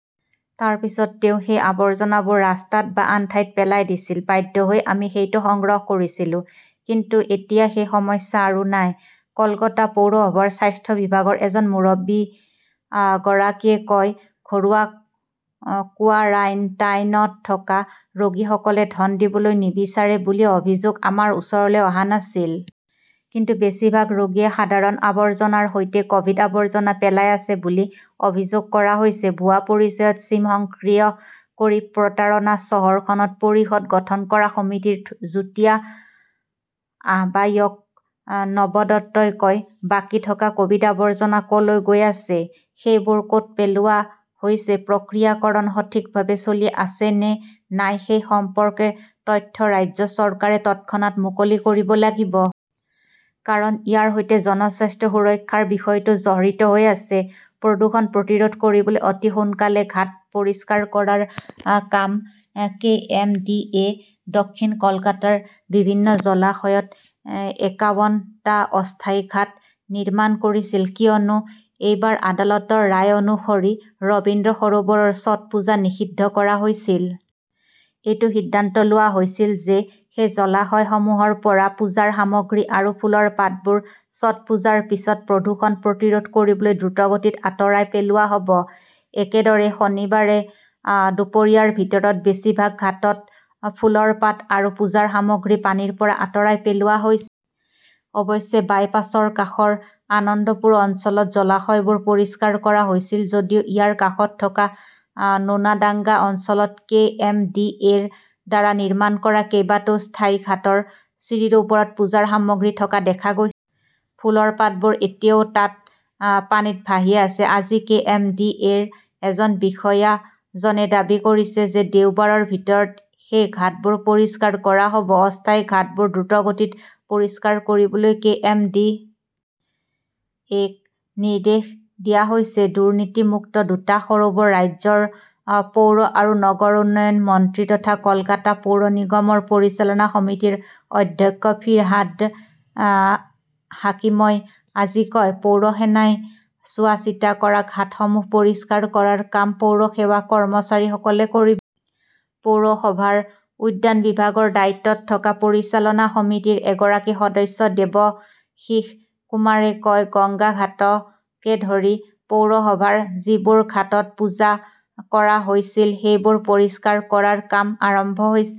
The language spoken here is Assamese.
তাৰ পিছত তেওঁ সেই আৱৰ্জনাবোৰ ৰাস্তাত বা আন ঠাইত পেলাই দিছিল। বাধ্য হৈ আমি সেইটো সংগ্ৰহ কৰিছিলো। কিন্তু এতিয়া সেই সমস্যা আৰু নাই। কলকাতা পৌৰসভাৰ স্বাস্থ্য বিভাগৰ এজন মুৰব্বীগৰাকীয়ে কয়, ঘৰুৱা কোৱাৰাণ্টাইনত থকা ৰোগীসকলে ধন দিবলৈ নিবিচাৰে বুলি অভিযোগ আমাৰ ওচৰলৈ অহা নাছিল। কিন্তু বেছিভাগ ৰোগীয়ে সাধাৰণ আৱৰ্জনাৰ সৈতে কভিড-আৱৰ্জনা পেলাই আছে বুলি অভিযোগ কৰা হৈছে। ভুৱা পৰিচয়ত ছিম সক্ৰিয় কৰি প্ৰতাৰণা চহৰখনত পৰিষদ গঠন কৰা সমিতিৰ যুটীয়া আহ্বায়ক নব দত্তই কয়, বাকী থকা কভিড-আৱৰ্জনা কলৈ গৈ আছে, সেইবোৰ কত পেলোৱা হৈছে, প্ৰক্ৰিয়াকৰণ সঠিকভাৱে চলি আছে নে নাই সেই সম্পৰ্কে তথ্য ৰাজ্য চৰকাৰে তৎক্ষণাত মুকলি কৰিব লাগিব। কাৰণ ইয়াৰ সৈতে জনস্বাস্থ্য সুৰক্ষাৰ বিষয়টো জড়িত হৈ আছে। প্ৰদূষণ প্ৰতিৰোধ কৰিবলৈ অতি সোনকালে ঘাট পৰিষ্কাৰ কৰাৰ কাম কে. এম. ডি. এ. দক্ষিণ কলকাতাৰ বিভিন্ন জলাশয়ত একাৱন টা অস্থায়ী ঘাট নিৰ্মাণ কৰিছিল কিয়নো এইবাৰ আদালতৰ ৰায় অনুসৰি ৰবীন্দ্ৰ সৰোবৰৰ ছটপুজা নিষিদ্ধ কৰা হৈছিল। এইটো সিদ্ধান্ত লোৱা হৈছিল যে সেই জলাশয়সমূহৰ পৰা পূজাৰ সামগ্ৰী আৰু ফুলৰ পাতবোৰ ছটপুজাৰ পিছত প্ৰদূষণ প্ৰতিৰোধ কৰিবলৈ দ্ৰুতগতিত আঁতৰাই পেলোৱা হ'ব। একেদৰে, শনিবাৰে দুপৰীয়াৰ ভিতৰত বেছিভাগ ঘাটত ফুলৰ পাত আৰু পূজাৰ সামগ্ৰী পানীৰ পৰা আঁতৰাই পেলোৱা হৈছিল। অৱশ্যে, বাইপাছৰ কাষৰ আনন্দপুৰ অঞ্চলত জলাশয়বোৰ পৰিষ্কাৰ কৰা হৈছিল যদিও ইয়াৰ কাষত থকা নোনাডাঙ্গা অঞ্চলত কে. এম. ডি. এ. -ৰ দ্বাৰা নিৰ্মাণ কৰা কেইবাটাও স্থায়ী ঘাটৰ চিৰিৰ ওপৰত পূজাৰ সামগ্ৰী থকা দেখা গৈ ফুলৰ পাতবোৰ এতিয়াও তাত পানীত ভাহি আছে। আজি, কে. এম. ডি. এ. -ৰ এজন বিষয়াজনে দাবী কৰিছে যে দেওবাৰৰ ভিতৰত সেই ঘাটবোৰ পৰিষ্কাৰ কৰা হ 'ব। অস্থায়ী ঘাটবোৰ দ্ৰুতগতিত পৰিষ্কাৰ কৰিবলৈ কে. এম. ডি. এ. ক নিৰ্দেশ দিয়া হৈছে, দুৰ্নীতি-মুক্ত দুটা সৰোবৰ ৰাজ্যৰ পৌৰ আৰু নগৰ উন্নয়ন মন্ত্ৰী তথা কলকাতা পৌৰ নিগমৰ পৰিচালনা সমিতিৰ অধ্যক্ষ ফিৰহাদ হাকিমই আজি কয়। পৌৰসেনাই চোৱাচিতা কৰা ঘাটসমূহ পৰিষ্কাৰ কৰাৰ কাম পৌৰসেৱা কৰ্মচাৰীসকলে কৰিব। পৌৰসভাৰ উদ্যান বিভাগৰ দায়িত্বত থকা পৰিচালনা সমিতিৰ এগৰাকী সদস্য দেৱশীশ কুমাৰে কয়, গংগা ঘাটকে ধৰি পৌৰসভাৰ যিবোৰ ঘাটত পূজা কৰা হৈছিল সেইবোৰ পৰিষ্কাৰ কৰাৰ কাম আৰম্ভ হৈছে।